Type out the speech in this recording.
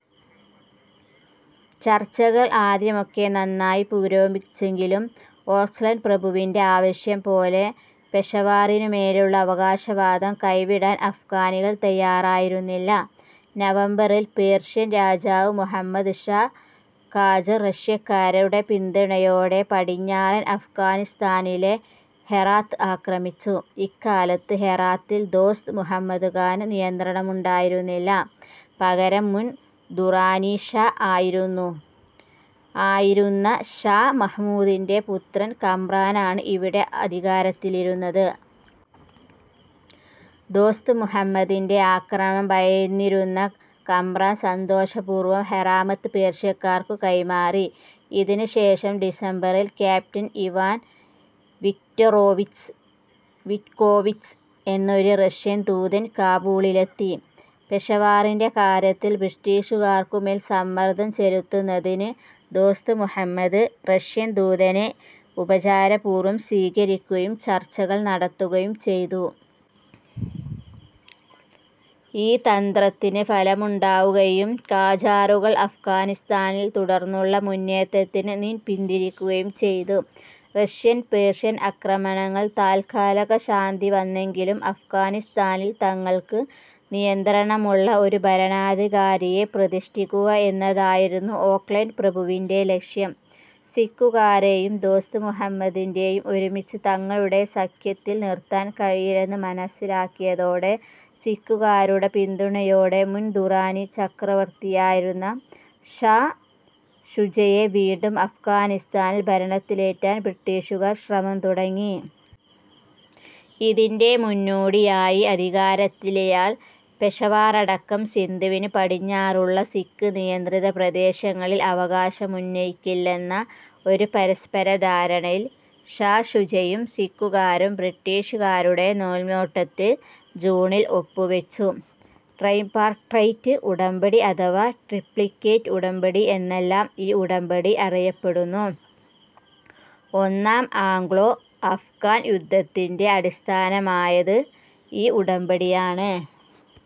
ചർച്ചകൾ ആദ്യമൊക്കെ നന്നായി പുരോഗമിച്ചെങ്കിലും ഓക്ലന്റ് പ്രഭുവിന്റെ ആവശ്യം പോലെ പെഷവാറിനു മേലുള്ള അവകാശവാദം കൈവിടാൻ അഫ്ഗാനികൾ തയാറയിരുന്നില്ല. നവംബറിൽ പേർഷ്യൻ രാജാവ് മുഹമ്മദ് ഷാ ഖാജർ റഷ്യക്കാരുടെ പിന്തുണയോടെ പടിഞ്ഞാറൻ അഫ്ഗാനിസ്താനിലെ ഹെറാത്ത് ആക്രമിച്ചു. ഇക്കാലത്ത്, ഹെറാത്തിൽ ദോസ്ത് മുഹമ്മദ് ഖാന് നിയന്ത്രണമുണ്ടായിരുന്നില്ല. പകരം മുൻ ദുറാനി ഷാ ആയിരുന്നഷാ മഹ്മൂദിന്റെ പുത്രൻ കമ്രാൻ ആണ് ഇവിടെ അധികാരത്തിലിരുന്നത്. ദോസ്ത് മുഹമ്മദിന്റെ ആക്രമണം ഭയന്നിരുന്ന കമ്രാൻ സന്തോഷപൂർവ്വം ഹെറാത്ത് പേർഷ്യക്കാർക്ക് കൈമാറി. ഇതിനു ശേഷം ഡിസംബറിൽ ക്യാപ്റ്റൻ ഇവാൻ വിക്റ്റൊറോവിച്ച് വിറ്റ്കോവിച്ച് എന്ന ഒരു റഷ്യൻ ദൂതൻ കാബൂളിലെത്തി. പെഷവാറിന്റെ കാര്യത്തിൽ ബ്രിട്ടീഷുകാർക്കു മേൽ സമ്മർദ്ദം ചെലുത്തുന്നതിന് ദോസ്ത് മുഹമ്മദ്, റഷ്യൻ ദൂതനെ ഉപചാരപൂർവ്വം സ്വീകരിക്കുകയും ചർച്ചകൾ നടത്തുകയും ചെയ്തു. ഈ തന്ത്രത്തിന് ഫലമുണ്ടാകുകയും ഖാജറുകൾ അഫ്ഗാനിസ്താനിൽ തുടർന്നുള്ള മുന്നേറ്റത്തിൽ നിന്ന് പിന്തിരിയുകയും ചെയ്തു. റഷ്യൻ പേർഷ്യൻ ആക്രമണങ്ങൾക്ക് തൽക്കാലശാന്തി വന്നെങ്കിലും അഫ്ഗാനിസ്താനിൽ തങ്ങൾക്ക് നിയന്ത്രണമുള്ള ഒരു ഭരണാധികാരിയെ പ്രതിഷ്ഠിക്കുക എന്നതായിരുന്നു ഓക്ലന്റ് പ്രഭുവിന്റെ ലക്ഷ്യം. സിഖുകാരെയും ദോസ്ത് മുഹമ്മദിനെയും ഒരുമിച്ച് തങ്ങളുടെ സഖ്യത്തിൽ നിർത്താൻ കഴിയില്ലെന്ന് മനസ്സിലായതോടെ, സിഖുകാരുടെ പിന്തുണയോടെ മുൻ ദുറാനി ചക്രവർത്തിയായിരുന്ന ഷാ ഷുജയെ വീണ്ടും അഫ്ഗാനിസ്താനിൽ ഭരണത്തിലേറ്റാൻ ബ്രിട്ടീഷുകാർ ശ്രമം തുടങ്ങി. ഇതിന്റെ മുന്നോടിയായി, അധികാരത്തിലെത്തിയാൽ പെഷവാറടക്കം സിന്ധുവിന് പടിഞ്ഞാറുള്ള സിഖ് നിയന്ത്രിതപ്രദേശങ്ങളിൽ അവകാശമുന്നയിക്കില്ലെന്ന ഒരു പരസ്പരധാരണയിൽ ഷാ ഷുജയും സിഖുകാരും, ബ്രിട്ടീഷുകാരുടെ മേൽനോട്ടത്തിൽ ജൂണിൽ ഒപ്പുവച്ചു. ട്രൈപാർട്ടൈറ്റ് ഉടമ്പടി അഥവാ ട്രിപ്ലിക്കേറ്റ് ഉടമ്പടി എന്നെല്ലാം ഈ ഉടമ്പടി അറിയപ്പെടുന്നു. ഒന്നാം ആംഗ്ലോ-അഫ്ഗാൻ യുദ്ധത്തിന്റെ അടിസ്ഥാനമായത് ഈ ഉടമ്പടിയാണ്.